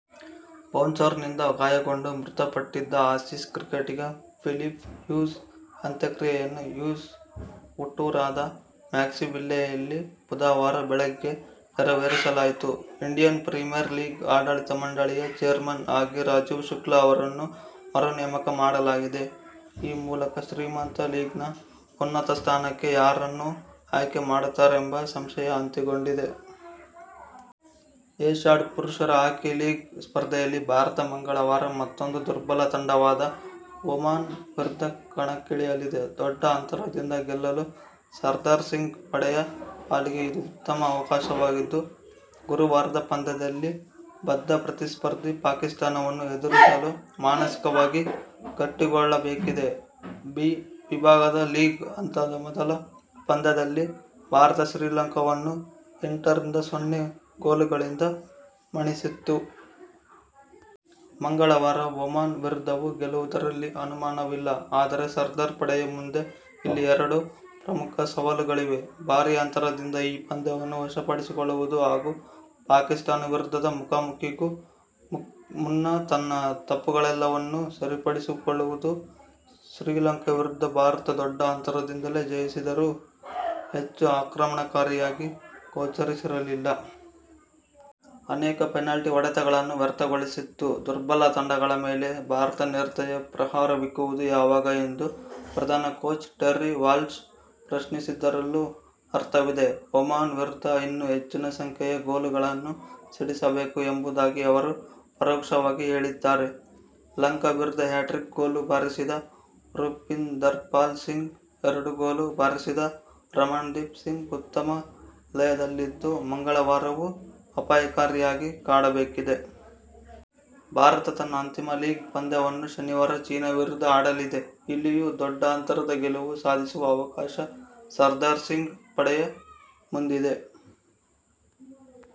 ಬೌನ್ಸರ್ನಿಂದ ಗಾಯಗೊಂಡು ಮೃತಪಟ್ಟಿದ್ದ ಆಸೀಸ್ ಕ್ರಿಕೆಟಿಗ ಫಿಲಿಪ್ ಹ್ಯೂಸ್ ಅಂತ್ಯಕ್ರಿಯೆಯನ್ನು ಹ್ಯೂಸ್ ಹುಟ್ಟೂರಾದ ಮ್ಯಾಕ್ಸ್ವಿಲ್ಲೆಯಲ್ಲಿ ಬುಧವಾರ ಬೆಳಿಗ್ಗೆ ನೆರವೇರಿಸಲಾಯಿತು. ಇಂಡಿಯನ್ ಪ್ರೀಮಿಯರ್ ಲೀಗ್ ಆಡಳಿತ ಮಂಡಳಿಯ ಚೇರ್ಮನ್ ಆಗಿ ರಾಜೀವ್ ಶುಕ್ಲ ಅವರನ್ನು ಮರು ನೇಮಕ ಮಾಡಲಾಗಿದೆ. ಈ ಮೂಲಕ ಶ್ರೀಮಂತ ಲೀಗ್ನ ಉನ್ನತ ಸ್ಥಾನಕ್ಕೆ ಯಾರನ್ನು ಆಯ್ಕೆ ಮಾಡುತ್ತಾರೆಂಬ ಸಂಶಯ ಅಂತ್ಯಗೊಂಡಿದೆ. ಏಶ್ಯಾಡ್ ಪುರುಷರ ಹಾಕಿ ಲೀಗ್ ಸ್ಪರ್ಧೆಯಲ್ಲಿ ಭಾರತ ಮಂಗಳವಾರ ಮತ್ತೊಂದು ದುರ್ಬಲ ತಂಡವಾದ ಒಮಾನ್ ವಿರುದ್ಧ ಕಣಕ್ಕಿಳಿಯಲಿದೆ. ದೊಡ್ಡ ಅಂತರದಿಂದ ಗೆಲ್ಲಲು ಸರ್ದಾರ್ ಸಿಂಗ್ ಪಡೆಯ ಪಾಲಿಗೆ ಇದು ಉತ್ತಮ ಅವಕಾಶವಾಗಿದ್ದು, ಗುರುವಾರದ ಪಂದ್ಯದಲ್ಲಿ ಬದ್ಧ ಪ್ರತಿಸ್ಪರ್ಧಿ ಪಾಕಿಸ್ಥಾನವನ್ನು ಎದುರಿಸಲು ಮಾನಸಿಕವಾಗಿ ಗಟ್ಟಿಗೊಳ್ಳಬೇಕಿದೆ. ಬಿ ವಿಭಾಗದ ಲೀಗ್ ಹಂತದ ಮೊದಲ ಪಂದ್ಯದಲ್ಲಿ ಭಾರತ ಶ್ರೀಲಂಕಾವನ್ನು ಎಂಟರಿಂದ ಸೊನ್ನೆ ಗೋಲುಗಳಿಂದ ಮಣಿಸಿತ್ತು. ಮಂಗಳವಾರ ಒಮಾನ್ ವಿರುದ್ಧವೂ ಗೆಲ್ಲುವುದರಲ್ಲಿ ಅನುಮಾನವಿಲ್ಲ. ಆದರೆ ಸರ್ದಾರ್ ಪಡೆಯ ಮುಂದೆ ಇಲ್ಲಿ ಎರಡು ಪ್ರಮುಖ ಸವಾಲುಗಳಿವೆ. ಭಾರೀ ಅಂತರದಿಂದ ಈ ಪಂದ್ಯವನ್ನು ವಶಪಡಿಸಿಕೊಳ್ಳುವುದು ಹಾಗೂ ಪಾಕಿಸ್ಥಾನ ವಿರುದ್ಧದ ಮುಖಾಮುಖೀಗೂ ಮುನ್ನ ತನ್ನ ತಪ್ಪುಗಳೆಲ್ಲವನ್ನೂ ಸರಿಪಡಿಸಿಕೊಳ್ಳುವುದು. ಶ್ರೀಲಂಕಾ ವಿರುದ್ಧ ಭಾರತ ದೊಡ್ಡ ಅಂತರದಿಂದಲೇ ಜಯಿಸಿದರೂ ಹೆಚ್ಚು ಆಕ್ರಮಣಕಾರಿಯಾಗಿ ಗೋಚರಿಸಿರಲಿಲ್ಲ. ಅನೇಕ ಪೆನಾಲ್ಟಿ ಹೊಡೆತಗಳನ್ನು ವ್ಯರ್ಥಗೊಳಿಸಿತ್ತು. ದುರ್ಬಲ ತಂಡಗಳ ಮೇಲೆ ಭಾರತ ನಿರ್ದಯ ಪ್ರಹಾರವಿಕ್ಕುವುದು ಯಾವಾಗ ಎಂದು ಪ್ರಧಾನ ಕೋಚ್ ಟೆರ್ರಿ ವಾಲ್ಶ್ ಪ್ರಶ್ನಿಸಿದ್ದರಲ್ಲೂ ಅರ್ಥವಿದೆ. ಒಮಾನ್ ವಿರುದ್ಧ ಇನ್ನೂ ಹೆಚ್ಚಿನ ಸಂಖ್ಯೆಯ ಗೋಲುಗಳನ್ನು ಸಿಡಿಸಬೇಕು ಎಂಬುದಾಗಿ ಅವರು ಪರೋಕ್ಷವಾಗಿ ಹೇಳಿದ್ದಾರೆ. ಲಂಕಾ ವಿರುದ್ಧ ಹ್ಯಾಟ್ರಿಕ್ ಗೋಲು ಬಾರಿಸಿದ ರೂಪಿಂದರ್ಪಾಲ್ ಸಿಂಗ್, ಎರಡು ಗೋಲು ಬಾರಿಸಿದ ರಮಣ್ದೀಪ್ ಸಿಂಗ್ ಉತ್ತಮ ಲಯದಲ್ಲಿದ್ದು, ಮಂಗಳವಾರವೂ ಅಪಾಯಕಾರಿಯಾಗಿ ಕಾಡಬೇಕಿದೆ. ಭಾರತ ತನ್ನ ಅಂತಿಮ ಲೀಗ್ ಪಂದ್ಯವನ್ನು ಶನಿವಾರ ಚೀನಾ ವಿರುದ್ಧ ಆಡಲಿದೆ. ಇಲ್ಲಿಯೂ ದೊಡ್ಡ ಅಂತರದ ಗೆಲುವು ಸಾಧಿಸುವ ಅವಕಾಶ ಸರ್ದಾರ್ ಸಿಂಗ್ ಪಡೆಯ ಮುಂದಿದೆ.